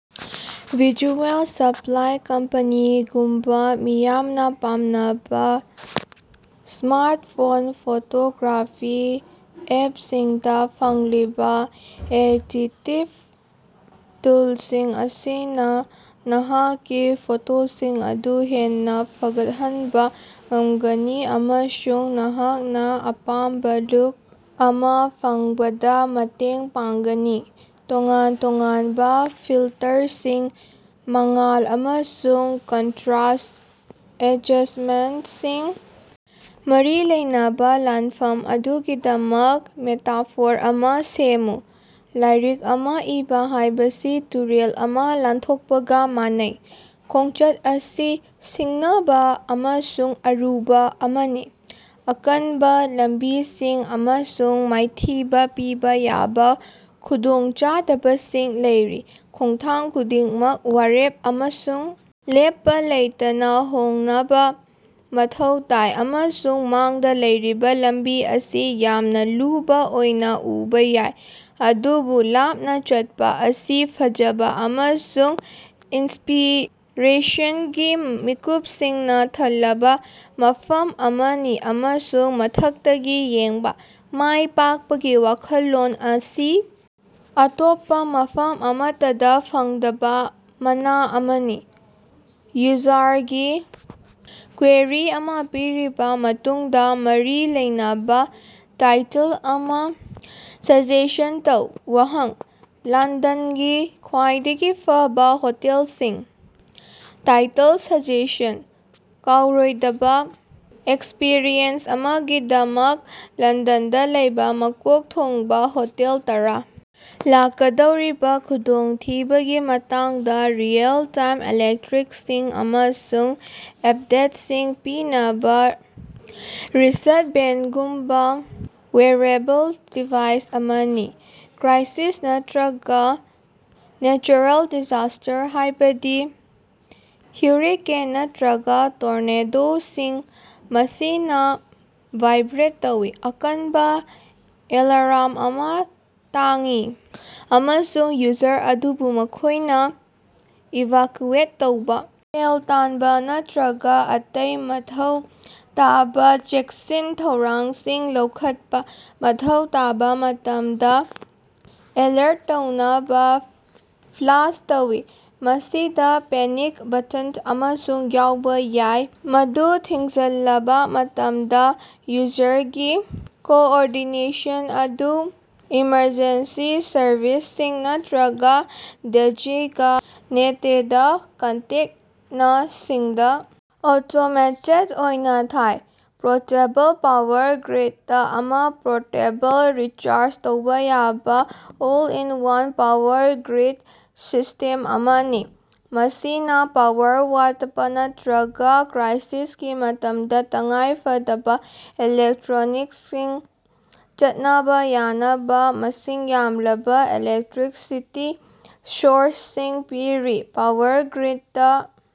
Visual Supply Company ꯒꯨꯝꯕ ꯃꯤꯌꯥꯝꯅ ꯄꯥꯝꯅꯕ ꯁ꯭ꯃꯥꯔꯠꯐꯣꯟ ꯐꯣꯇꯣꯒ꯭ꯔꯥꯐꯤ ꯑꯦꯞꯁꯤꯡꯗ ꯐꯪꯂꯤꯕ ꯑꯦꯗꯤꯇꯤꯐ ꯇꯨꯜꯁꯤꯡ ꯑꯁꯤꯅ ꯅꯍꯥꯛꯀꯤ ꯐꯣꯇꯣꯁꯤꯡ ꯑꯗꯨ ꯍꯦꯟꯅ ꯐꯒꯠꯍꯟꯕ ꯉꯝꯒꯅꯤ ꯑꯃꯁꯨꯡ ꯅꯍꯥꯛꯅ ꯑꯄꯥꯝꯕ ꯂꯨꯛ ꯑꯃ ꯐꯪꯕꯗ ꯃꯇꯦꯡ ꯄꯥꯡꯒꯅꯤ꯫ ꯇꯣꯉꯥꯟ-ꯇꯣꯉꯥꯟꯕ ꯐꯤꯜꯇꯔꯁꯤꯡ, ꯃꯉꯥꯜ ꯑꯃꯁꯨꯡ ꯀꯟꯇ꯭ꯔꯥꯁꯠ ꯑꯦꯗꯖꯁꯠꯃꯦꯟꯇꯁꯤꯡ, ꯃꯔꯤ ꯂꯩꯅꯕ ꯂꯥꯟꯐꯝ ꯑꯗꯨꯒꯤꯗꯃꯛ ꯃꯦꯇꯥꯐꯣꯔ ꯑꯃ ꯁꯦꯝꯃꯨ꯫ ꯂꯥꯏꯔꯤꯛ ꯑꯃ ꯏꯕ ꯍꯥꯏꯕꯁꯤ ꯇꯨꯔꯦꯜ ꯑꯃ ꯂꯥꯟꯊꯣꯛꯄꯒ ꯃꯥꯟꯅꯩ꯫ ꯈꯣꯡꯆꯠ ꯑꯁꯤ ꯁꯤꯡꯅꯕ ꯑꯃꯁꯨꯡ ꯑꯔꯨꯕ ꯑꯃꯅꯤ꯫ ꯑꯀꯟꯕ ꯂꯝꯕꯤꯁꯤꯡ ꯑꯃꯁꯨꯡ ꯃꯥꯏꯊꯤꯕ ꯄꯤꯕ ꯌꯥꯕ ꯈꯨꯗꯣꯡꯆꯥꯗꯕꯁꯤꯡ ꯂꯩꯔꯤ꯫ ꯈꯣꯡꯊꯥꯡ ꯈꯨꯗꯤꯡꯃꯛ ꯋꯥꯔꯦꯞ ꯑꯃꯁꯨꯡ ꯂꯦꯞꯄ ꯂꯩꯇꯅ ꯍꯣꯡꯅꯕ ꯃꯊꯧ ꯇꯥꯏ ꯑꯃꯁꯨꯡ ꯃꯥꯡꯗ ꯂꯩꯔꯤꯕ ꯂꯝꯕꯤ ꯑꯁꯤ ꯌꯥꯝꯅ ꯂꯨꯕ ꯑꯣꯏꯅ ꯎꯕ ꯌꯥꯏ꯫ ꯑꯗꯨꯕꯨ ꯂꯥꯞꯅ ꯆꯠꯄ ꯑꯁꯤ ꯐꯖꯕ ꯑꯃꯁꯨꯡ ꯏꯟꯁꯄꯤꯔꯦꯁꯟꯒꯤ ꯃꯤꯀꯨꯞꯁꯤꯡꯅ ꯊꯜꯂꯕ ꯃꯐꯝ ꯑꯃꯅꯤ ꯑꯃꯁꯨꯡ ꯃꯊꯛꯇꯒꯤ ꯌꯦꯡꯕ, ꯃꯥꯏ ꯄꯥꯛꯄꯒꯤ ꯋꯥꯈꯜꯂꯣꯟ ꯑꯁꯤ ꯑꯇꯣꯞꯄ ꯃꯐꯝ ꯑꯃꯠꯇꯗ ꯐꯪꯗꯕ ꯃꯅꯥ ꯑꯃꯅꯤ꯫ ꯌꯨꯖꯥꯔꯒꯤ ꯀ꯭ꯋꯦꯔꯤ ꯑꯃ ꯄꯤꯔꯤꯕ ꯃꯇꯨꯡꯗ ꯃꯔꯤ ꯂꯩꯅꯕ ꯇꯥꯏꯇꯜ ꯑꯃ ꯁꯖꯦꯁꯟ ꯇꯧ꯫ ꯋꯥꯍꯪ: ꯂꯟꯗꯟꯒꯤ ꯈ꯭ꯋꯥꯏꯗꯒꯤ ꯐꯕ ꯍꯣꯇꯦꯜꯁꯤꯡ꯫ ꯇꯥꯏꯇꯜ ꯁꯖꯦꯁꯟ: "ꯀꯥꯎꯔꯣꯏꯗꯕ ꯑꯦꯛꯁꯄꯤꯔꯤꯌꯦꯟꯁ ꯑꯃꯒꯤꯗꯃꯛ ꯂꯟꯗꯟꯗ ꯂꯩꯕ ꯃꯀꯣꯛ ꯊꯣꯡꯕ ꯍꯣꯇꯦꯜ ꯇꯔꯥ"꯫ ꯂꯥꯛꯀꯗꯧꯔꯤꯕ ꯈꯨꯗꯣꯡꯊꯤꯕꯒꯤ ꯃꯇꯥꯡꯗ ꯔꯤꯑꯦꯜ-ꯇꯥꯏꯝ ꯑꯦꯂꯔꯠꯁꯤꯡ ꯑꯃꯁꯨꯡ ꯑꯞꯗꯦꯠꯁꯤꯡ ꯄꯤꯅꯕ ꯔꯤꯁꯠꯕꯦꯟꯗꯒꯨꯝꯕ ꯋꯦꯌꯔꯑꯦꯕꯜ ꯗꯤꯚꯥꯏꯁ ꯑꯃꯅꯤ꯫ ꯀ꯭ꯔꯥꯏꯁꯤꯁ ꯅꯠꯇ꯭ꯔꯒ ꯅꯦꯆꯔꯦꯜ ꯗꯤꯖꯥꯁꯇꯔ, ꯍꯥꯏꯕꯗꯤ ꯍ꯭ꯌꯨꯔꯤꯀꯦꯟ ꯅꯠꯇ꯭ꯔꯒ ꯇꯣꯔꯅꯦꯗꯣꯁꯤꯡ꯫ ꯃꯁꯤꯅ ꯚꯥꯏꯕ꯭ꯔꯦꯠ ꯇꯧꯏ, ꯑꯀꯟꯕ ꯑꯦꯂꯥꯔꯝ ꯑꯃ ꯇꯥꯡꯏ ꯑꯃꯁꯨꯡ ꯌꯨꯖꯔ ꯑꯗꯨꯕꯨ ꯃꯈꯣꯏꯅ ꯏꯚꯥꯀꯨꯑꯦꯠ ꯇꯧꯕ, ꯁꯦꯜ ꯇꯥꯟꯕ ꯅꯠꯇ꯭ꯔꯒ ꯑꯇꯩ ꯃꯊꯧ ꯇꯥꯕ ꯆꯦꯛꯁꯤꯟ ꯊꯧꯔꯥꯡꯁꯤꯡ ꯂꯧꯈꯠꯄ ꯃꯊꯧ ꯇꯥꯕ ꯃꯇꯝꯗ ꯑꯦꯂꯔꯠ ꯇꯧꯅꯕ ꯐ꯭ꯂꯥꯁ ꯇꯧꯏ꯫ ꯃꯁꯤꯗ ꯄꯦꯅꯤꯛ ꯕꯇꯟ ꯑꯃꯁꯨ ꯌꯥꯎꯕ ꯌꯥꯏ, ꯃꯗꯨ ꯊꯤꯡꯖꯤꯜꯂꯕ ꯃꯇꯝꯗ, ꯌꯨꯖꯔꯒꯤ ꯀꯣꯑꯣꯔꯗꯤꯅꯦꯁꯟ ꯑꯗꯨ ꯏꯃꯔꯖꯦꯟꯁꯤ ꯁꯔꯚꯤꯁꯁꯤꯡ ꯅꯠꯇ꯭ꯔꯒ ꯗꯦꯖꯤꯒꯅꯦꯇꯦꯗ ꯀꯟꯇꯦꯛꯅꯁꯤꯡꯗ ꯑꯣꯇꯣꯃꯦꯇꯦꯗ ꯑꯣꯏꯅ ꯊꯥꯏ꯫ ꯄꯣꯔꯇꯦꯕꯜ ꯄꯥꯋꯔ ꯒ꯭ꯔꯤꯗ ꯑꯃ ꯄꯣꯔꯇꯦꯕꯜ, ꯔꯤꯆꯥꯔꯖ ꯇꯧꯕ ꯌꯥꯕ, ꯑꯣꯜ-ꯏꯟ-ꯋꯥꯟ ꯄꯥꯋꯔ ꯒ꯭ꯔꯤꯗ ꯁꯤꯁ꯭ꯇꯦꯝ ꯑꯃꯅꯤ꯫ ꯃꯁꯤꯅ ꯄꯥꯋꯔ ꯋꯥꯠꯄ ꯅꯠꯇ꯭ꯔꯒ ꯀ꯭ꯔꯥꯏꯁꯤꯁꯀꯤ ꯃꯇꯝꯗ ꯇꯉꯥꯏꯐꯗꯕ ꯏꯂꯦꯛꯇ꯭ꯔꯣꯅꯤꯛꯁꯁꯤꯡ ꯆꯠꯅꯕ ꯌꯥꯅꯕ ꯃꯁꯤꯡ ꯌꯥꯝꯂꯕ ꯏꯂꯦꯛꯇ꯭ꯔꯤꯛꯁꯤꯇꯤ ꯁꯣꯔꯁꯁꯤꯡ ꯄꯤꯔꯤ꯫ Power grid